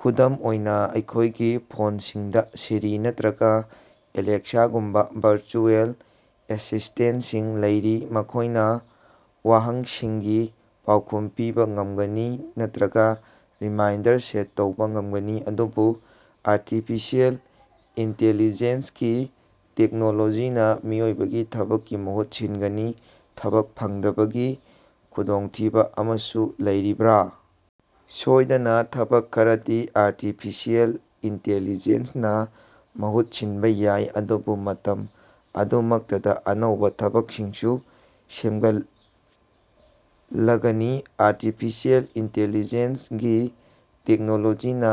ꯈꯨꯗꯝ ꯑꯣꯏꯅ, ꯑꯩꯈꯣꯏꯒꯤ ꯐꯣꯟꯁꯤꯡꯗ ꯁꯤꯔꯤ ꯅꯠꯇ꯭ꯔꯒ ꯑꯦꯂꯦꯛꯁꯥꯒꯨꯝꯕ ꯚꯔꯆꯨꯑꯦꯜ ꯑꯦꯁꯤꯁ꯭ꯇꯦꯟꯇꯁꯤꯡ ꯂꯩꯔꯤ, ꯃꯈꯣꯢꯅ ꯋꯥꯍꯪꯁꯤꯡꯒꯤ ꯄꯥꯎꯈꯨꯝ ꯄꯤꯕ ꯉꯝꯒꯅꯤ ꯅꯠꯇ꯭ꯔꯒ ꯔꯤꯃꯥꯏꯟꯗꯔ ꯁꯦꯠ ꯇꯧꯕ ꯉꯝꯒꯅꯤ ꯫ ꯑꯗꯨꯕꯨ ꯑꯥꯔꯇꯤꯐꯤꯁꯤꯑꯦꯜ ꯏꯟꯇꯦꯂꯤꯖꯦꯟꯁꯒꯤ ꯇꯦꯛꯅꯣꯂꯣꯖꯤꯅ ꯃꯤꯑꯣꯏꯕꯒꯤ ꯊꯕꯛꯀꯤ ꯃꯍꯨꯠ ꯁꯤꯟꯒꯅꯤ, ꯊꯕꯛ ꯐꯪꯗꯕꯒꯤ ꯈꯨꯗꯣꯡꯊꯤꯕ ꯑꯃꯁꯨ ꯂꯩꯔꯤꯕꯔꯥ? ꯁꯣꯏꯗꯅ ꯊꯕꯛ ꯈꯔꯗꯤ ꯑꯥꯔꯇꯤꯐꯤꯁꯤꯑꯦꯜ ꯏꯟꯇꯦꯂꯤꯖꯦꯟꯁꯅ ꯃꯍꯨꯠ ꯁꯤꯟꯕ ꯌꯥꯏ, ꯑꯗꯨꯕꯨ ꯃꯇꯝ ꯑꯗꯨꯃꯛꯇꯗ ꯑꯅꯧꯕ ꯊꯕꯛꯁꯤꯡꯁꯨ ꯁꯦꯝꯒꯠꯂꯒꯅꯤ꯫ ꯑꯥꯔꯇꯤꯐꯤꯁꯤꯑꯦꯜ ꯏꯟꯇꯦꯂꯤꯖꯦꯟꯁ ꯒꯤ ꯇꯦꯛꯅꯣꯂꯣꯖꯤꯅ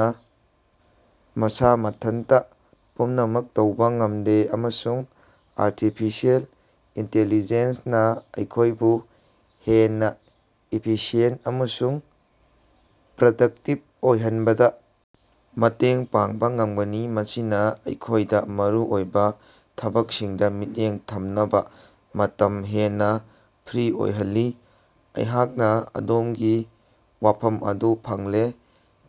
ꯃꯁ ꯃꯊꯟꯇ ꯄꯨꯝꯅꯃꯛ ꯇꯧꯕ ꯉꯝꯗꯦ ꯑꯃꯁꯨꯡ ꯑꯥꯔꯇꯤꯐꯤꯁꯤꯑꯦꯜ ꯏꯟꯇꯦꯂꯤꯖꯦꯟꯁ ꯅ ꯑꯩꯈꯣꯏꯕꯨ ꯍꯦꯟꯅ ꯏꯐꯤꯁꯤꯌꯦꯟꯇ ꯑꯃꯁꯨꯡ ꯄ꯭ꯔꯗꯛꯇꯤꯚ ꯑꯣꯏꯍꯟꯕꯗ ꯃꯇꯦꯡ ꯄꯥꯡꯕ ꯉꯝꯒꯅꯤ, ꯃꯁꯤꯅ ꯑꯩꯈꯣꯏꯗ ꯃꯔꯨꯑꯣꯏꯕ ꯊꯕꯛꯁꯤꯡꯗ ꯃꯤꯠꯌꯦꯡ ꯊꯝꯅꯕ ꯃꯇꯝ ꯍꯦꯟꯅ ꯐ꯭ꯔꯤ ꯑꯣꯏꯍꯜꯂꯤ꯫ ꯑꯩꯍꯥꯛꯅ ꯑꯗꯣꯝꯒꯤ ꯋꯥꯐꯝ ꯑꯗꯨ ꯐꯪꯂꯦ꯫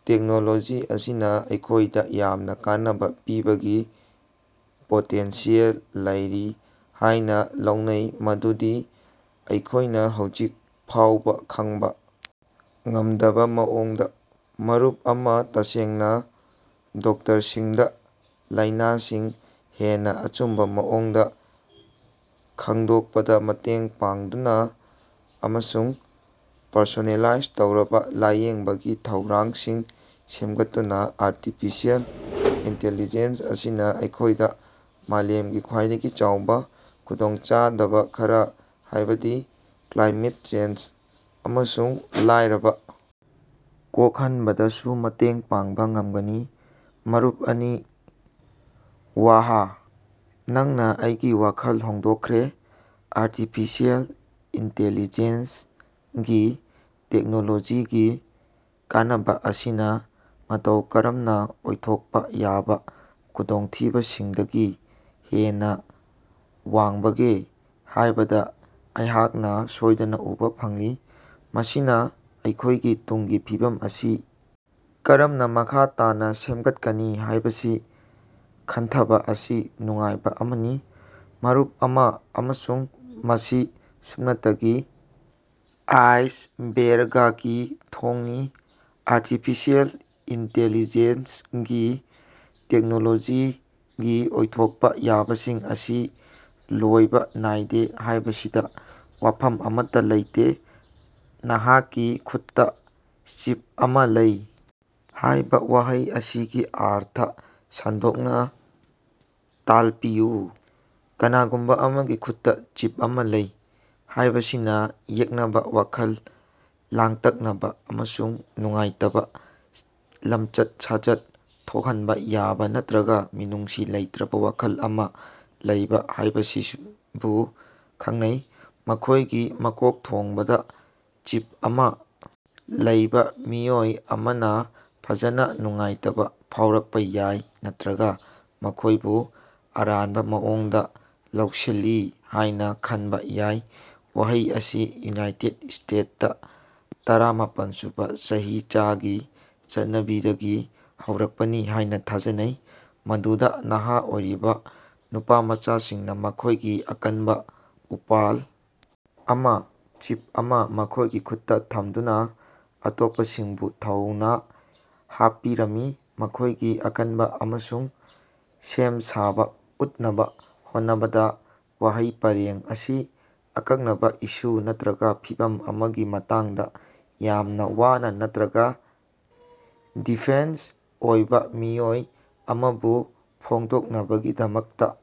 ꯇꯦꯛꯅꯣꯂꯣꯖꯤ ꯑꯁꯤꯅ ꯑꯩꯈꯣꯐꯗ ꯌꯥꯝꯅ ꯀꯥꯟꯅꯕ ꯄꯤꯕꯒꯤ ꯄꯣꯇꯦꯟꯁꯤꯌꯦꯜ ꯂꯩꯔꯤ ꯍꯥꯏꯅ ꯂꯧꯅꯩ ꯃꯗꯨꯗꯤ ꯑꯩꯈꯣꯏꯅ ꯍꯧꯖꯤꯛ ꯐꯥꯎꯕ ꯈꯪꯕ ꯉꯝꯗꯕ ꯃꯑꯣꯡꯗ꯫ ꯃꯔꯨꯞ ꯑꯃ ꯇꯁꯦꯡꯅ ꯗꯣꯛꯇꯔꯁꯤꯡꯗ ꯂꯥꯏꯅꯥꯁꯤꯡ ꯍꯦꯟꯅ ꯑꯆꯨꯝꯕ ꯃꯑꯣꯡꯗ ꯈꯪꯗꯣꯛꯄꯗ ꯃꯇꯦꯡ ꯄꯥꯡꯗꯨꯅ ꯑꯃꯁꯨꯡ ꯄꯔꯁꯣꯅꯦꯂꯥꯏꯖ ꯇꯧꯔꯕ ꯂꯥꯌꯦꯡꯕꯒꯤ ꯊꯧꯔꯥꯡꯁꯤꯡ ꯁꯦꯝꯒꯠꯇꯨꯅ ꯑꯥꯔꯇꯤꯐꯤꯁꯤꯑꯦꯜ ꯏꯟꯇꯦꯂꯤꯖꯦꯟꯁ ꯑꯁꯤꯅ ꯑꯩꯈꯣꯏꯗ ꯃꯥꯂꯦꯝꯒꯤ ꯈ꯭ꯋꯥꯏꯗꯒꯤ ꯆꯥꯎꯕ ꯈꯨꯗꯣꯡꯆꯥꯗꯕ ꯈꯔ ꯍꯥꯏꯕꯗꯤ ꯀ꯭ꯂꯥꯏꯃꯦꯠ ꯆꯦꯟꯖ ꯑꯃꯁꯨꯡ ꯂꯥꯏꯔꯕ ꯀꯣꯛꯍꯟꯕꯗꯁꯨ ꯃꯇꯦꯡ ꯄꯥꯡꯕ ꯉꯝꯒꯅꯤ꯫ ꯃꯔꯨꯞ ꯑꯅꯤ ꯋꯥꯍ, ꯅꯪꯅ ꯑꯩꯒꯤ ꯋꯥꯈꯜ ꯍꯣꯡꯗꯣꯛꯈ꯭ꯔꯦ꯫ ꯑꯥꯔꯇꯤꯐꯤꯁꯤꯑꯦꯜ ꯏꯟꯇꯦꯂꯤꯖꯦꯟꯁꯒꯤ ꯇꯦꯛꯅꯣꯂꯣꯖꯤꯒꯤ ꯀꯥꯟꯅꯕ ꯑꯁꯤꯅ ꯃꯇꯧ ꯀꯔꯝꯅ ꯑꯣꯏꯊꯣꯛꯄ ꯌꯥꯕ ꯈꯨꯗꯣꯡꯊꯤꯕꯁꯤꯡꯗꯒꯤ ꯍꯦꯟꯅ ꯋꯥꯡꯕꯒꯦ ꯍꯥꯏꯕꯗ ꯑꯩꯍꯥꯛꯅ ꯁꯣꯏꯗꯅ ꯎꯕ ꯐꯪꯂꯤ꯫ ꯃꯁꯤꯅ ꯑꯩꯈꯣꯏꯒꯤ ꯇꯨꯡꯒꯤ ꯐꯤꯕꯝ ꯑꯁꯤ ꯀꯔꯝꯅ ꯃꯈ ꯇꯥꯅ ꯁꯦꯝꯒꯠꯀꯅꯤ ꯍꯥꯏꯕꯁꯤ ꯈꯟꯊꯕ ꯑꯁꯤ ꯅꯨꯡꯉꯥꯏꯕ ꯑꯃꯅꯤ꯫ ꯃꯔꯨꯞ ꯑꯃ ꯑꯃꯁꯨꯡ ꯃꯁꯤ ꯁꯨꯞꯅꯇꯒꯤ ꯑꯥꯏꯁꯕꯦꯔꯒꯀꯤ ꯊꯣꯡꯅꯤ꯫ ꯑꯥꯔꯇꯤꯐꯤꯁꯤꯑꯦꯜ ꯏꯟꯇꯦꯂꯤꯖꯦꯟꯁꯒꯤ ꯇꯦꯛꯅꯣꯂꯣꯖꯤꯒꯤ ꯑꯣꯏꯊꯣꯛꯄ ꯌꯥꯕꯁꯤꯡ ꯑꯁꯤ ꯂꯣꯏꯕ ꯅꯥꯏꯗꯦ ꯍꯥꯏꯕꯁꯤꯗ ꯋꯥꯐꯝ ꯑꯃꯠꯇ ꯂꯩꯇꯦ꯫ ꯅꯍꯥꯛꯀꯤ ꯈꯨꯠꯇ ꯆꯤꯞ ꯑꯃ ꯂꯩ" ꯍꯥꯏꯕ ꯋꯥꯍꯩ ꯑꯁꯤꯒꯤ ꯑꯔꯊ ꯁꯟꯗꯣꯛꯅ ꯇꯥꯜꯄꯤꯌꯨ꯫ "ꯀꯅꯥꯒꯨꯝꯕ ꯑꯃꯒꯤ ꯈꯨꯠꯇ ꯆꯤꯞ ꯑꯃ ꯂꯩꯕ" ꯍꯥꯏꯕꯁꯤꯅ ꯌꯦꯛꯅꯕ, ꯋꯥꯈꯜ ꯂꯥꯡꯇꯛꯅꯕ ꯑꯃꯁꯨꯡ ꯅꯨꯡꯉꯥꯏꯇꯕ ꯂꯝꯆꯠ-ꯁꯥꯖꯠ ꯊꯣꯛꯍꯟꯕ ꯌꯥꯕ ꯅꯠꯇ꯭ꯔꯒ ꯃꯤꯅꯨꯡꯁꯤ ꯂꯩꯇ꯭ꯔꯕ ꯋꯥꯈꯜ ꯑꯃ ꯂꯩꯕ ꯍꯥꯏꯕꯁꯤꯕꯨ ꯈꯪꯅꯩ꯫ ꯃꯈꯣꯏꯒꯤ ꯃꯀꯣꯛꯊꯣꯡꯕꯗ ꯆꯤꯞ ꯑꯃ ꯂꯩꯕ ꯃꯤꯑꯣꯏ ꯑꯃꯅ ꯐꯖꯅ ꯅꯨꯡꯉꯥꯏꯇꯕ ꯐꯥꯎꯔꯛꯄ ꯌꯥꯏ ꯅꯠꯇ꯭ꯔꯒ ꯃꯈꯣꯏꯕꯨ ꯑꯔꯥꯟꯕ ꯃꯑꯣꯡꯗ ꯂꯧꯁꯤꯜꯂꯤ ꯍꯥꯏꯅ ꯈꯟꯕ ꯌꯥꯏ꯫ ꯋꯥꯍꯩ ꯑꯁꯤ ꯌꯨꯅꯥꯏꯇꯦꯗ ꯁ꯭ꯇꯦꯠꯇ ꯇꯔꯥꯃꯥꯄꯟ ꯁꯨꯕ ꯆꯍꯤꯆꯥꯒꯤ ꯆꯠꯅꯕꯤꯗꯒꯤ ꯍꯧꯔꯛꯄꯅꯤ ꯍꯥꯏꯅ ꯊꯥꯖꯅꯩ, ꯃꯗꯨꯗ ꯅꯍꯥ ꯑꯣꯏꯔꯤꯕ ꯅꯨꯄꯥꯃꯆꯥꯁꯤꯡꯅ ꯃꯈꯣꯏꯒꯤ ꯑꯀꯟꯕ ꯎꯄꯥꯜ ꯑꯃ (ꯆꯤꯞ ꯑꯃ) ꯃꯈꯣꯏꯒꯤ ꯈꯨꯠꯇ ꯊꯝꯗꯨꯅ ꯑꯇꯣꯞꯄꯁꯤꯡꯕꯨ ꯊꯧꯅ ꯍꯥꯞꯄꯤꯔꯝꯃꯤ, ꯃꯈꯣꯏꯒꯤ ꯑꯀꯟꯕ ꯑꯃꯁꯨꯡ ꯁꯦꯝ ꯁꯥꯕ ꯎꯠꯅꯕ ꯍꯣꯠꯅꯕꯗ꯫ ꯋꯥꯍꯩ ꯄꯔꯦꯡ ꯑꯁꯤ ꯑꯀꯛꯅꯕ ꯏꯁꯨ ꯅꯠꯇ꯭ꯔꯒ ꯐꯤꯚꯝ ꯑꯃꯒꯤ ꯃꯇꯥꯡꯗ ꯌꯥꯝꯅ ꯋꯥꯅ ꯅꯠꯇ꯭ꯔꯒ ꯗꯤꯐꯦꯟꯁ ꯑꯣꯏꯕ ꯃꯤꯑꯣꯏ ꯑꯃꯕꯨ ꯐꯣꯡꯗꯣꯛꯅꯕꯒꯤꯗꯃꯛꯇ